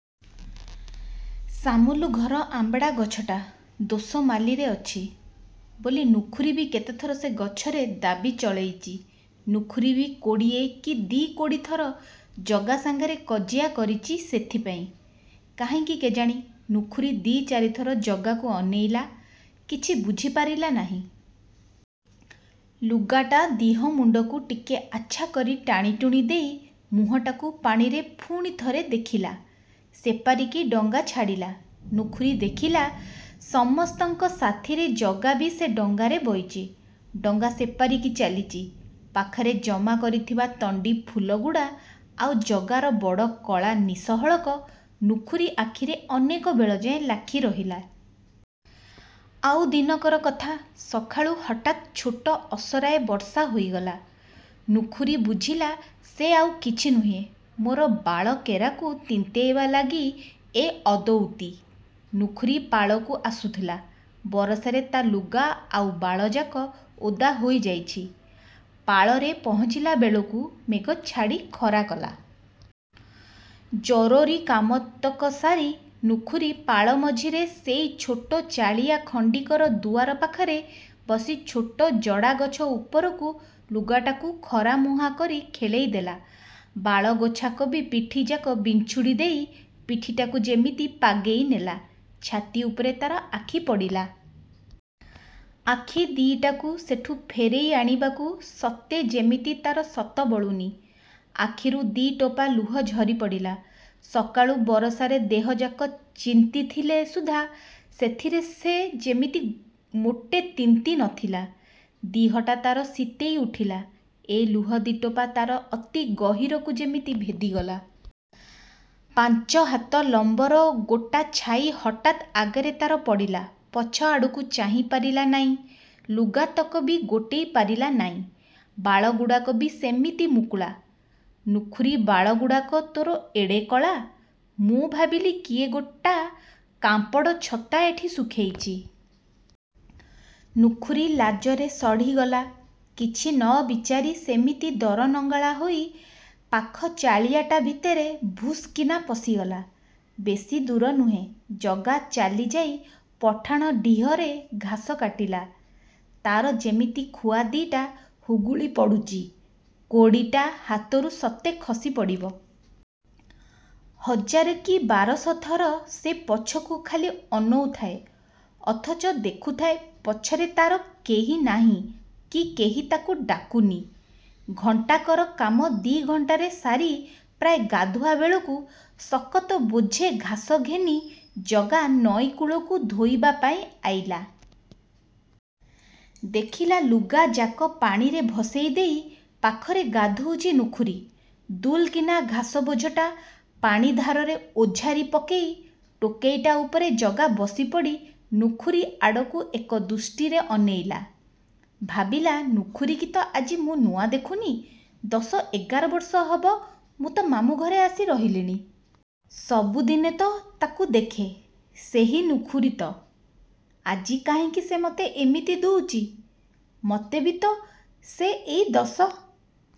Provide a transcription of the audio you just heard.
ସାମୁଲଘର ଆମ୍ବଡ଼ାଗଛଟା ଦୋସମାଲିରେ ଅଛି ବୋଲି ନୁଖିୁରୀ ବି କେତେଥର ସେ ଗଛରେ ଦାବୀ ଚଳେଇଚି। ନୁଖୁରୀ ବି କୋଡ଼ିଏ କି ଦି କୋଡ଼ି ଥର ଜଗା ସାଙ୍ଗରେ କଜିଆ କରିଚି ସେଥିପାଇଁ। କାହିଁକି କେଜାଣି, ନୁଖୁରୀ ଦି ଚାରିଥର ଜଗାକୁ ଅନେଇଲା। କିଛି ବୁଝିପାରିଲା ନାହିଁ। ଲୁଗାଟା ଦିହମୁଣ୍ଡକୁ ଟିକେ ଆଚ୍ଛା କରି ଟାଣିଟୁଣି ଦେଇ ମୁଁହଟାକୁ ପାଣିରେ ପୁଣି ଥରେ ଦେଖିଲା। ସେପାରିକି ଡଙ୍ଗା ଛାଡ଼ିଲା। ନୁଖୁରୀ ଦେଖିଲା ସମସ୍ତଙ୍କ ସାଥିରେ ଜଗା ବି ସେ ଡଙ୍ଗାରେ ବଇଚି–ଡଙ୍ଗା ସେପାରିକି ଚାଲିଚି। ପାଖରେ ଜମା କରିଥିବା ତଣ୍ଡିଫୁଲଗୁଡ଼ା ଆଉ ଜଗାର ବଡ଼ କଳା ନିଶହଳକ ନୁଖୁରୀ ଆଖିରେ ଅନେକ ବେଳଯାଏ ଲାଖି ରହିଲା। ଆଉ ଦିନକର କଥା। ସକାଳୁ ହଠାତ୍ ଛୋଟ ଅସରାଏ ବର୍ଷା ହୋଇଗଲା। ନୁଖୁରୀ ବୁଝିଲା, ସେ ଆଉ କିଛି ନୁହେଁ, ମୋର ବାଳ କେରାକୁ ତିନ୍ତେଇବା ଲାଗି ଏ ଅଦଉତି। ନୁଖୁରୀ ପାଳକୁ ଆସୁଥିଲା। ବରଷାରେ ତା ଲୁଗା ଆଉ ବାଳଯାକ ଓଦା ହୋଇଯାଇଚି-। ପାଳରେ ପହଞ୍ଚିଲାବେଳକୁ ମେଘ ଛାଡ଼ି ଖରାକଲା। ଜରୋରି କାମତକ ସାରି ନୁଖୁରୀ ପାଳ ମଝିରେ ସେଇ ଛୋଟ ଚାଳିଆ ଖଣ୍ଡିକର ଦୁଆର ପାଖରେ ବସି ଛୋଟ ଜଡ଼ାଗଛ ଉପରକୁ ଲୁଗାଟାକୁ ଖରାମୁହା କରି ଖେଳେଇ ଦେଲା–ବାଳ ଗୋଛାକ ବି ପିଠିଯାକ ବିଂଛୁଡ଼ି ଦେଇ ପିଠିଟାକୁ ଯେମିତି ପାଗେଇ ନେଲା। ଛାତି ଉପରେ ତାର ଆଖି ପଡ଼ିଲା। ଆଖି ଦିଟାକୁ ସେଠୁ ଫେରେଇ ଆଣିବାକୁ ସତେ ଯେମିତି ତାର ସତ ବଳୁନି। ଆଖିରୁ ଦି ଟୋପା ଲୁହ ଝରି ପଡ଼ିଲା। ସକାଳୁ ବରଷାରେ ଦେହଯାକ ଚିନ୍ତିଥିଲେ ସୁଦ୍ଧା ସେଥିରେ ସେ ଯେମିତି ମୋଟେ ତିନ୍ତି ନ ଥିଲା। ଦିହଟା ତାର ଶୀତେଇ ଉଠିଲା, ଏ ଲୁହ ଦି ଟୋପା ତାର ଅତି ଗହୀରକୁ ଯେମିତି ଭେଦିଗଲା। ପାଞ୍ଚ ହାତ ଲମ୍ବର ଗୋଟା ଛାଇ ହଠାତ୍ ଆଗରେ ତାର ପଡ଼ିଲା, ପଛଆଡ଼କୁ ଚାହିଁ ପାରିଲା ନାଇଁ ଲୁଗାତକ ବି ଗୋଟେଇ ପାରିଲା ନାଇଁ–ବାଳଗୁଡ଼ାକ ବି ସେମିତି ମୁକୁଳା। –ନୁଖୁରୀ ବାଳଗୁଡ଼ାକ ତୋର ଏଡ଼େ କଳା! ମୁଁ ଭାବିଲି କିଏ ଗୋଟା କାପଡ଼୍ ଛତା ଏଠି ଶୁଖେଇଚି। ନୁଖୁରୀ ଲାଜରେ ସଢ଼ିଗଲା। କିଛି ନ ବିଚାରି, ସେମିତି ଦରନଙ୍ଗଳା ହୋଇ ପାଖ ଚାଳିଆଟା ଭିତରେ ଭୁଷ୍କିନା ପଶିଗଲା। ବେଶି ଦୂର ନୁହେଁ। ଜଗା ଚାଲିଯାଇ ପଠାଣ ଡିହରେ ଘାସ କାଟିଲା। ତାର ଯେମିତି ଖୁଆ ଦି'ଟା ହୁଗୁଳି ପଡ଼ୁଚି। କୋଡ଼ିଟା ହାତରୁ ସତେ ଖସି ପଡ଼ିବ! ହଜାର କି ବାରଶ ଥର ସେ ପଛକୁ ଖାଲି ଅନଉଥାଏ–ଅଥଚ ଦେଖୁଥାଏ ପଛରେ ତାର କେହି ନାହିଁ କି କେହି ତାକୁ ଡାକୁ ନି। ଘଣ୍ଟାକର କାମ ଦି ଘଣ୍ଟାରେ ସାରି ପ୍ରାୟ ଗାଧୁଆ ବେଳକୁ ଶକତ ବୋଝେ ଘାସ ଘେନି ଜଗା ନଈକୂଳକୁ ଧୋଇବା ପାଇଁ ଆଇଲା। ଦେଖିଲା, ଲୁଗାଯାକ ପାଣିରେ ଭସେଇ ଦେଇ ପାଖରେ ଗାଧୋଉଚି ନୁଖୁରୀ। ଦୁଲକିନା ଘାସ ବୋଝଟା ପାଣି ଧାରରେ ଓଜାରି ପକେଇ ଟୋକେଇଟା ଉପରେ ଜଗା ବସିପଡ଼ି ନୁଖୁରୀଆଡ଼କୁ ଏକ ଦୃଷ୍ଟିରେ ଅନେଇଲା। ଭାବିଲା, ନୁଖୁରୀକି ତ ଆଜି ମୁଁ ନୂଆ ଦେଖୁନି, ଦଶ ଏଗାର ବର୍ଷ ହବ ମୁଁ ତ ମାମୁଁ ଘରେ ଆସି ରହିଲିଣି। ସବୁଦିନେ ତ ତାକୁ ଦେଖେ, ସେହି ନୁଖୁରୀ ତ, ଆଜି କାହିଁକି ସେ ମୋତେ ଏମିତି ଦୁଉଚି! ମତେ ବି ତ ସେ ଏଇ ଦଶ